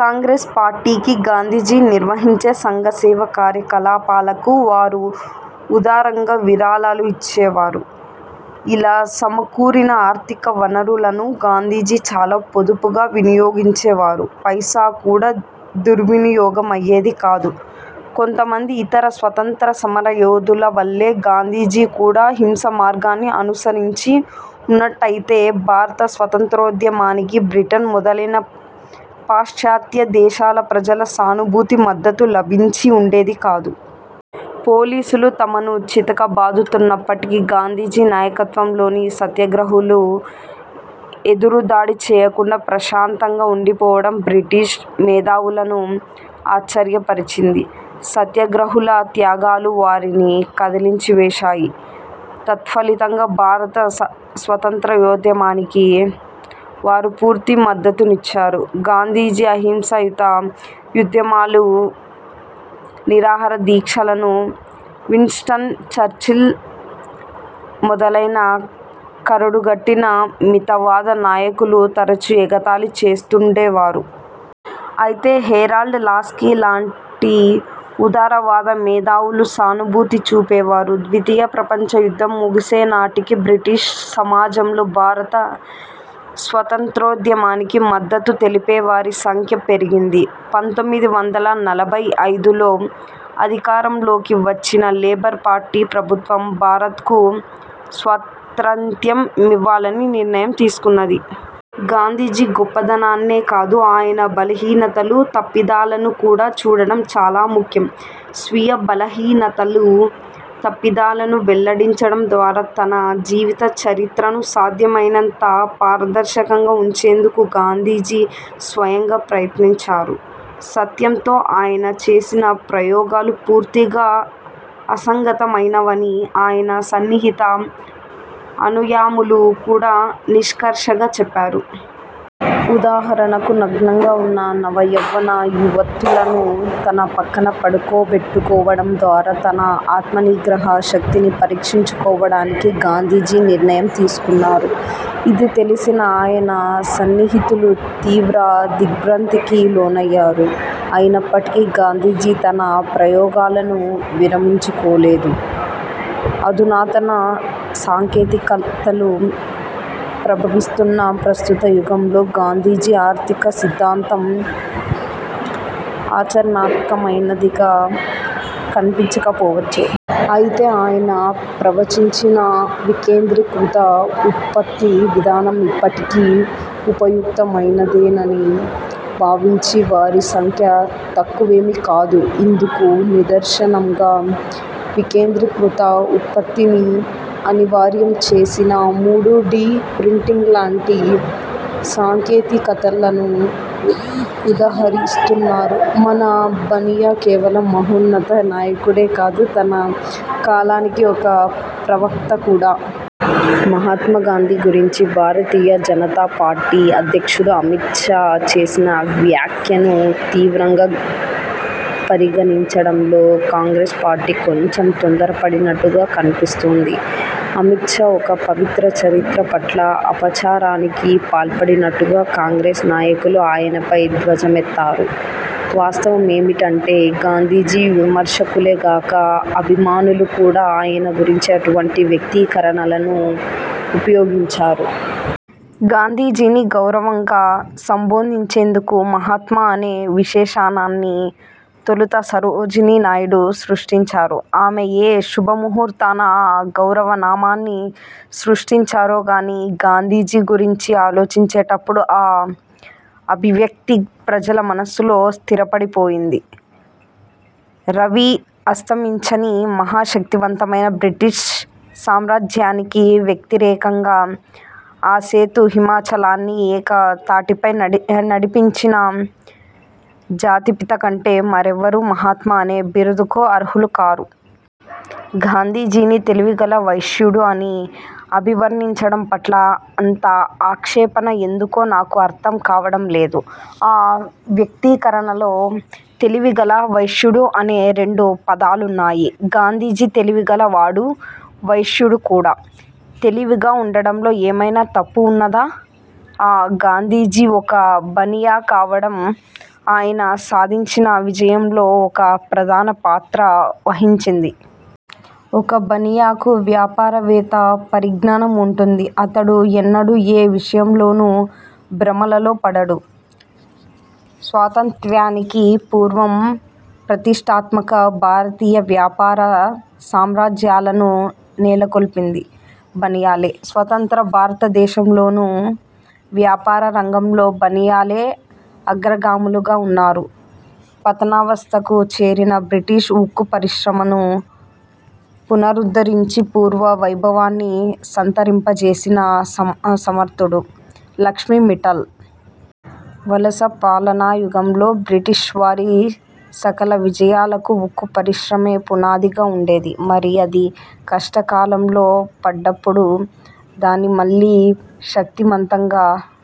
కాంగ్రెస్ పార్టీకి, గాంధీజీ నిర్వహించే సంఘ సేవా కార్యకలాపాలకు వారు ఉదారంగా విరాళాలు ఇచ్చేవారు. ఇలా సమకూరిన ఆర్థిక వనరులను గాంధీజీ చాలా పొదుపుగా వినియోగించేవారు. పైసా కూడా దుర్వినియోగమయ్యేది కాదు. కొంతమంది ఇతర స్వాత్రంత్య సమరయోధుల వలే గాంధీజీ కూడా హింసా మార్గాన్ని అనుసరించి వున్నట్టయితే భారత స్వత్రంత్యోద్యమానికి బ్రిటన్ మొదలైన పాశ్చాత్య దేశాల ప్రజల సానుభూతి, మద్దతు లభించి వుండేది కాదు. పోలీసులు తమను చితక బాదుతున్నప్పటికీ గాంధీజీ నాయకత్వంలోని సత్యాగ్రహులు ఎదురుదాడి చేయకుండా ప్రశాంతంగా ఉండిపోవడం బ్రిటిష్ మేధావులను ఆశ్చర్యపరిచింది. సత్యాగ్రహుల త్యాగాలు వారిని కదిలించివేశాయి. తత్ఫలితంగా భారత స్వత్రంత్యోద్యమానికి వారు పూర్తి మద్దతునిచ్చారు. గాంధీజీ అహింసాయుత ఉద్యమాలు, నిరాహారదీక్షలను విన్స్టన్ చర్చిల్ మొదలైన కరడుగట్టిన మితవాద నాయకులు తరచు ఎగతాళి చేస్తుండేవారు. అయితే హెరాల్డ్ లాస్కీలాంటి ఉదారవాద మేధావులు సానుభూతి చూపేవారు ద్వితీయ ప్రపంచ యుద్ధం ముగిసేనాటికి బ్రిటిష్ సమాజంలో భారత స్వత్రంత్యోద్యమానికి మద్దతు తెలిపే వారి సంఖ్య పెరిగింది. పంతొమ్మిది వందల నలభై ఐదులో అధికారంలోకి వచ్చిన లేబర్ పార్టీ ప్రభుత్వం భారత్కు స్వాత్రంత్యం మివ్వాలని నిర్ణయం తీసుకున్నది. గాంధీజీ గొప్పదనాన్నే కాదు, ఆయన బలహీనతలు, తప్పిదాలను కూడా చూడడం చాలా ముఖ్యం. స్వీయ బలహీనతలు, తప్పిదాలను వెల్లడించడం ద్వారా తన జీవిత చరిత్రను సాధ్యమైనంత పారదర్శకంగా ఉంచేందుకు గాంధీజీ స్వయంగా ప్రయత్నించారు. సత్యంతో ఆయన చేసిన ప్రయోగాలు పూర్తిగా అసంగతమైనవని ఆయన సన్నిహిత అనుయాయులు కూడా నిష్కర్షగా చెప్పారు. ఉదాహరణకు నగ్నంగా ఉన్న నవయవ్వన యువతులను తన పక్కన పడుకోబెట్టుకోవడం ద్వారా తన ఆత్మనిగ్రహ శక్తిని పరీక్షించుకోవడానికి గాంధీజీ నిర్ణయం తీసుకున్నారు. ఇది తెలిసిన ఆయన సన్నిహితులు తీవ్ర దిగ్భ్రాంతికి లోనయ్యారు. అయినప్పటికీ గాంధీజీ తన ప్రయోగాలను విరమించుకోలేదు. అధునాతన సాంకేతికతలు ప్రభవిస్తున్న ప్రస్తుత యుగంలో గాంధీజీ ఆర్థిక సిద్ధాంతం ఆచరణాత్మకమైనదిగా కన్పించకపోవచ్చు. అయితే ఆయన ప్రవచించిన వికేంద్రీకృత ఉత్పత్తి విధానం ఇప్పటికీ ఉపయుక్తమైనదేనని భావించే వారి సంఖ్య తక్కువేమీకాదు. ఇందుకు నిదర్శనంగా వికేంద్రీకృత ఉత్పత్తిని అనివార్యం చేసిన మూడు–డి ప్రింటింగ్లాంటి సాంకేతికతలను ఉదహరిస్తున్నారు. మన 'బనియా' కేవలం మహోన్నత నాయకుడే కాదు, తన కాలానికి ఒక ప్రవక్త కూడా. మహాత్మా గాంధీ గురించి భారతీయ జనతా పార్టీ అధ్యక్షుడు అమిత్ షా చేసిన వ్యాఖ్య ను తీవ్రంగా పరిగణించడంలో కాంగ్రెస్ పార్టీ కొంచెం తొందరపడినట్టుగా కన్పిస్తోంది. అమిత్ షా ఒక పవిత్ర చరిత్ర పట్ల అపచారానికి పాల్పడినట్టుగా కాంగ్రెస్ నాయకులు ఆయనపై ధ్వజమెత్తారు. వాస్తవమేమిటంటే గాంధీజీ విమర్శకులే గాక అభిమానులు కూడా ఆయన గురించి అటువంటి వ్యక్తీకరణలను ఉపయోగించారు. గాంధీజీని గౌరవంగా సంబోధించేందుకు 'మహాత్మా' అనే విశేషణాన్ని తొలుత సరోజినీ నాయుడు సృష్టించారు. ఆమె ఏ శుభముహూర్తాన ఆ గౌరవ నామాన్ని సృష్టించారో గానీ, గాంధీజీ గురించి ఆలోచించేటప్పుడు ఆ అభివ్యక్తి ప్రజల మనస్సుల్లో స్థిరపడిపోయింది. రవి అస్తమించని, మహాశక్తిమంతమైన బ్రిటిష్ సామ్రాజ్యానికి వ్యతిరేకంగా ఆసేతు హిమచలాన్ని ఏక తాటిపై నడిపించిన 'జాతిపిత' కంటే మరెవ్వరూ 'మహాత్మా'అనే బిరుదుకు అర్హులు కా. గాంధీజీని 'తెలివిగల వైశ్యుడు' అని అభివర్ణించడం పట్ల అంత ఆక్షేపణ ఎందుకో నాకు అర్థం కావడం లేదు. ఆ వ్యక్తీకరణలో 'తెలివిగల', 'వైశ్యుడు' అనే రెండు పదాలున్నాయి. గాంధీజీ తెలివిగల వాడూ, వైశ్యుడూ కూడా. తెలివిగా వుండడంలో ఏమైనా తప్పు వున్నదా? ఆ గాంధీజీ ఒక బనియా కావడం, ఆయన సాధించిన విజయంలో ఒక ప్రధాన పాత్ర వహించింది. ఒక బనియా కు వ్యాపారవేత్త పరిజ్ఞానం వుంటుంది అతడు ఎన్నడూ ఏ విషయంలోనూ భ్రమలలో పడడు. స్వాతంత్ర్యానికి పూర్వం ప్రతిష్ఠాత్మక భారతీయ వ్యాపార సామ్రాజ్యాలను నెలకొల్పింది బనియాలే. స్వతంత్ర భారతదేశంలోనూ వ్యాపార రంగంలో బనియాలే అగ్రగాములుగా వున్నారు. పతనావస్థకు చేరిన బ్రిటిష్ ఉక్కు పరిశ్రమను పునరుద్ధరించి పూర్వ వైభవాన్ని సంతరింపచేసిన సమర్థుడు లక్ష్మీ మిట్టల్. వలస పాలనాయుగంలో బ్రిటిష్వారి సకల విజయాలకు ఉక్కు పరిశ్రమే పునాదిగా వుండేది. మరి అది కష్టకాలంలో పడ్డప్పుడు దాన్ని మళ్ళీ శక్తిమంతంగా,